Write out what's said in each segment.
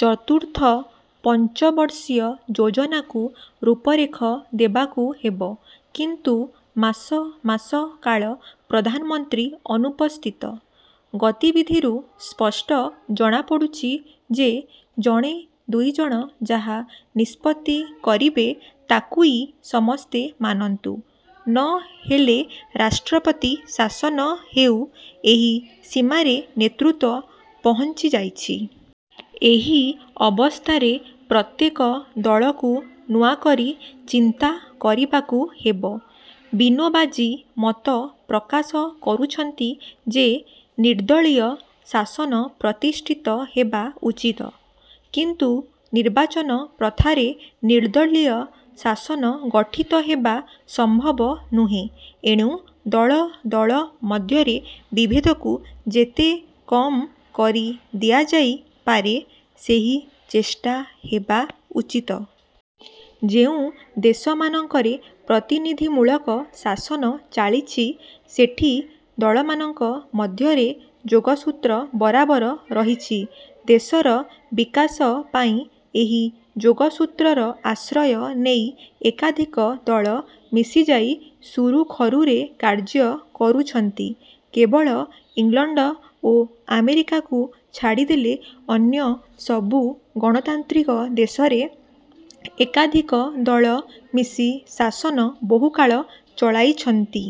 ଚତୁର୍ଥ ପଞ୍ଚବର୍ଷୀୟ ଯୋଜନାକୁ ରୂପରେଖ ଦେବାକୁ ହେବ; କିନ୍ତୁ ମାସ ମାସ କାଳ ପ୍ରଧାନମନ୍ତ୍ରୀ ଅନୁପସ୍ଥିତ। ଗତିବିଧିରୁ ସ୍ପଷ୍ଟ ଜଣାପଡ଼ୁଛି ଯେ, ଜଣେ ଦୁଇଜଣ ଯାହା ନିଷ୍ପତ୍ତି କରିବେ, ତାକୁଇ ସମସ୍ତେ ମାନନ୍ତୁ; ନ ହେଲେ ରାଷ୍ଟ୍ରପତି ଶାସନ ହେଉ, ଏହି ସୀମାରେ ନେତୃତ୍ୱ ପହଞ୍ଚି ଯାଇଛି। ଏହି ଅବସ୍ଥାରେ ପ୍ରତ୍ୟେକ ଦଳକୁ ନୂଆକରି ଚିନ୍ତା କରିବାକୁ ହେବ। ବିନୋବାଜୀ ମତ ପ୍ରକାଶ କରୁଛନ୍ତି ଯେ ନିର୍ଦ୍ଦଳୀୟ ଶାସନ ପ୍ରତିଷ୍ଠିତ ହେବା ଉଚିତ; କିନ୍ତୁ ନିର୍ବାଚନ ପ୍ରଥାରେ ନିର୍ଦ୍ଦଳୀୟ ଶାସନ ଗଠିତହେବା ସମ୍ଭବ ନୁହେଁ। ଏଣୁ ଦଳ ଦଳ ମଧ୍ୟରେ ବିଭେଦକୁ ଯେତେ କମ୍ କରି ଦିଆଯାଇ ପାରେ; ସେହି ଚେଷ୍ଟା ହେବା ଉଚିତ। ଯେଉଁ ଦେଶମାନଙ୍କରେ ପ୍ରତିନିଧିମୂଳକ ଶାସନ ଚାଲିଛି, ସେଠି ଦଳମାନଙ୍କ ମଧ୍ୟରେ ଯୋଗସୂତ୍ର ବରାବର ରହିଛି। ଦେଶର ବିକାଶ ପାଇଁ ଏହି ଯୋଗସୂତ୍ରର ଆଶ୍ରୟ ନେଇ ଏକାଧିକ ଦଳ ମିଶିଯାଇ ସୁରୁଖରୁରେ କାର୍ଯ୍ୟ କରୁଛନ୍ତି। କେବଳ ଇଂଲଣ୍ଡ ଓ ଆମେରିକାକୁ ଛାଡ଼ିଦେଲେ ଅନ୍ୟ ସବୁ ଗଣତାନ୍ତ୍ରିକ ଦେଶରେ ଏକାଧିକ ଦଳ ମିଶି ଶାସନ ବହୁକାଳ ଚଳାଇଛନ୍ତି।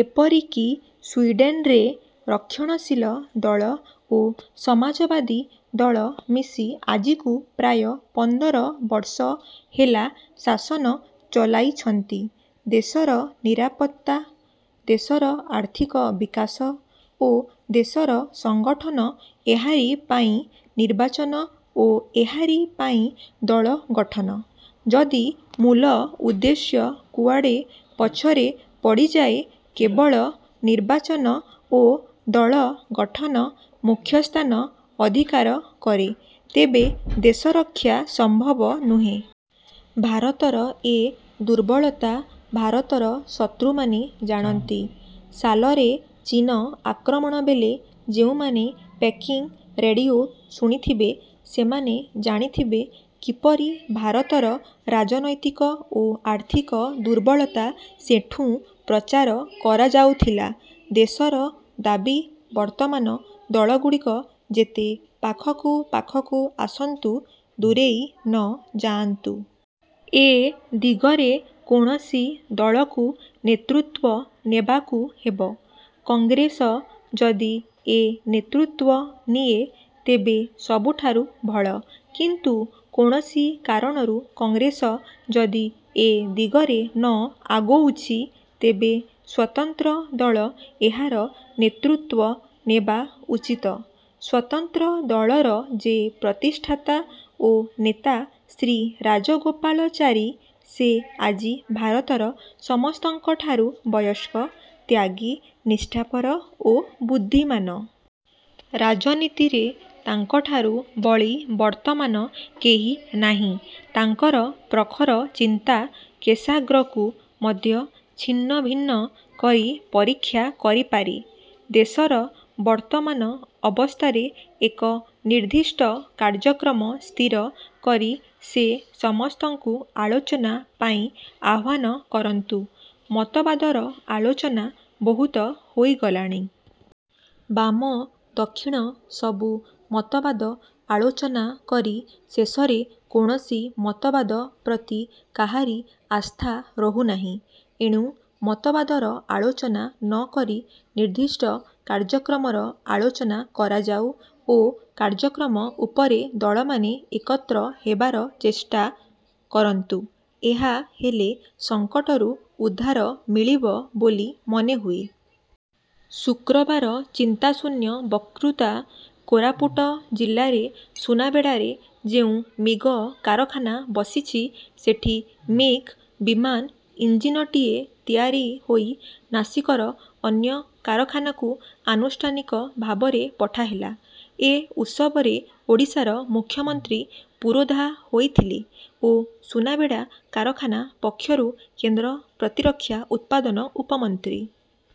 ଏପରିକି ସୁଇଡ଼େନ୍ରେ ରକ୍ଷଣଶୀଳ ଦଳ ଓ ସମାଜବାଦୀ ଦଳ ମିଶି ଆଜିକୁ ପ୍ରାୟ ପନ୍ଦର ବର୍ଷ ହେଲା ଶାସନ ଚଳାଇଛନ୍ତି। ଦେଶର ନିରାପତ୍ତା, ଦେଶର ଆର୍ଥିକ ବିକାଶ ଓ ଦେଶର ସଂଗଠନ ଏହାରି ପାଇଁ ନିର୍ବାଚନ ଓ ଏହାରି ପାଇଁ ଦଳ ଗଠନ। ଯଦି ମୂଳ ଉଦ୍ଦେଶ୍ୟ କୁଆଡ଼େ ପଛରେ ପଡ଼ିଯାଏ, କେବଳ ନିର୍ବାଚନ ଓ ଦଳ ଗଠନ ମୁଖ୍ୟସ୍ଥାନ ଅଧିକାର କରେ, ତେବେ ଦେଶରକ୍ଷା ସମ୍ଭବ ନୁହେଁ। ଭାରତର ଏ ଦୁର୍ବଳତା ଭାରତର ଶତ୍ରୁମାନେ ଜାଣନ୍ତି। ସାଲରେ ଚୀନ ଆକ୍ରମଣବେଳେ ଯେଉଁମାନେ ପେକିଂ ରେଡ଼ିଓ ଶୁଣିଥିବେ, ସେମାନେ ଜାଣିଥିବେ, କିପରି ଭାରତର ରାଜନୈତିକ ଓ ଆର୍ଥିକ ଦୁର୍ବଳତା ସେଠୁଁ ପ୍ରଚାର କରାଯାଉଥିଲା। ଦେଶର ଦାବି ବର୍ତ୍ତମାନ ଦଳଗୁଡ଼ିକ ଯେତେ ପାଖକୁ ପାଖକୁ ଆସନ୍ତୁ, ଦୂରେଇ ନ ଯାଆନ୍ତୁ। ଏ ଦିଗରେ କୌଣସି ଦଳକୁ ନେତୃତ୍ୱ ନେବାକୁ ହେବ। କଂଗ୍ରେସ ଯଦି ଏ ନେତୃତ୍ୱ ନିଏ, ତେବେ ସବୁଠାରୁ ଭଲ; କିନ୍ତୁ କୌଣସି କାରଣରୁ କଂଗ୍ରେସ ଯଦି ଏ ଦିଗରେ ନ ଆଗୋଉଛି, ତେବେ ସ୍ୱତନ୍ତ୍ର ଦଳ ଏହାର ନେତୃତ୍ୱ ନେବା ଉଚିତ। ସ୍ୱତନ୍ତ୍ର ଦଳର ଯେ ପ୍ରତିଷ୍ଠାତା ଓ ନେତା ଶ୍ରୀ ରାଜଗୋପାଳଚାରୀ, ସେ ଆଜି ଭାରତର ସମସ୍ତଙ୍କଠାରୁ ବୟସ୍କ, ତ୍ୟାଗୀ, ନିଷ୍ଠାପର ଓ ବୁଦ୍ଧିମାନ। ରାଜନୀତିରେ ତାଙ୍କଠାରୁ ବଳି ବର୍ତ୍ତମାନ କେହି ନାହିଁ। ତାଙ୍କର ପ୍ରଖର ଚିନ୍ତା କେଶାଗ୍ରକୁ ମଧ୍ୟ ଛିନ୍ନଭିନ୍ନ କରି ପରୀକ୍ଷା କରିପାରେ। ଦେଶର ବର୍ତ୍ତମାନ ଅବସ୍ଥାରେ ଏକ ନିର୍ଦ୍ଦିଷ୍ଟ କାର୍ଯ୍ୟକ୍ରମ ସ୍ଥିର କରି ସେ ସମସ୍ତଙ୍କୁ ଆଲୋଚନା ପାଇଁ ଆହ୍ୱାନ କରନ୍ତୁ। ମତବାଦର ଆଲୋଚନା ବହୁତ ହୋଇଗଲାଣି। ବାମ ଦକ୍ଷିଣ ସବୁ ମତବାଦ ଆଲୋଚନା କରି ଶେଷରେ କୌଣସି ମତବାଦ ପ୍ରତି କାହାରି ଆସ୍ଥା ରହୁନାହିଁ। ଏଣୁ ମତବାଦର ଆଲୋଚନା ନକରି ନିର୍ଦ୍ଦିଷ୍ଟ କାର୍ଯ୍ୟକ୍ରମର ଆଲୋଚନା କରାଯାଉ ଓ କାର୍ଯ୍ୟକ୍ରମ ଉପରେ ଦଳମାନେ ଏକତ୍ର ହେବାର ଚେଷ୍ଟା। କରନ୍ତୁ। ଏହା ହେଲେ ସଂକଟରୁ ଉଦ୍ଧାର ମିଳିବ ବୋଲି ମନେହୁଏ। ଶୁକ୍ରବାର ଚିନ୍ତାଶୂନ୍ୟ ବକ୍ତୃତା କୋରାପୁଟ ଜିଲ୍ଲାରେ ସୁନାବେଡ଼ାରେ ଯେଉଁ ମିଗ କାରଖାନା ବସିଛି, ସେଠି ମିଗ୍ ବିମାନ ଇଞ୍ଜିନଟିଏ ତିଆରି ହୋଇ ନାସିକର ଅନ୍ୟ କାରଖାନାକୁ ଆନୁଷ୍ଠାନିକ ଭାବରେ ପଠାହେଲା। ଏ ଉତ୍ସବରେ ଓଡ଼ିଶାର ମୁଖ୍ୟମନ୍ତ୍ରୀ ପୁରୋଧା ହୋଇଥିଲେ ଓ ସୁନାବେଡ଼ା କାରଖାନା ପକ୍ଷରୁ କେନ୍ଦ୍ର ପ୍ରତିରକ୍ଷା ଉତ୍ପାଦନ ଉପମନ୍ତ୍ରୀ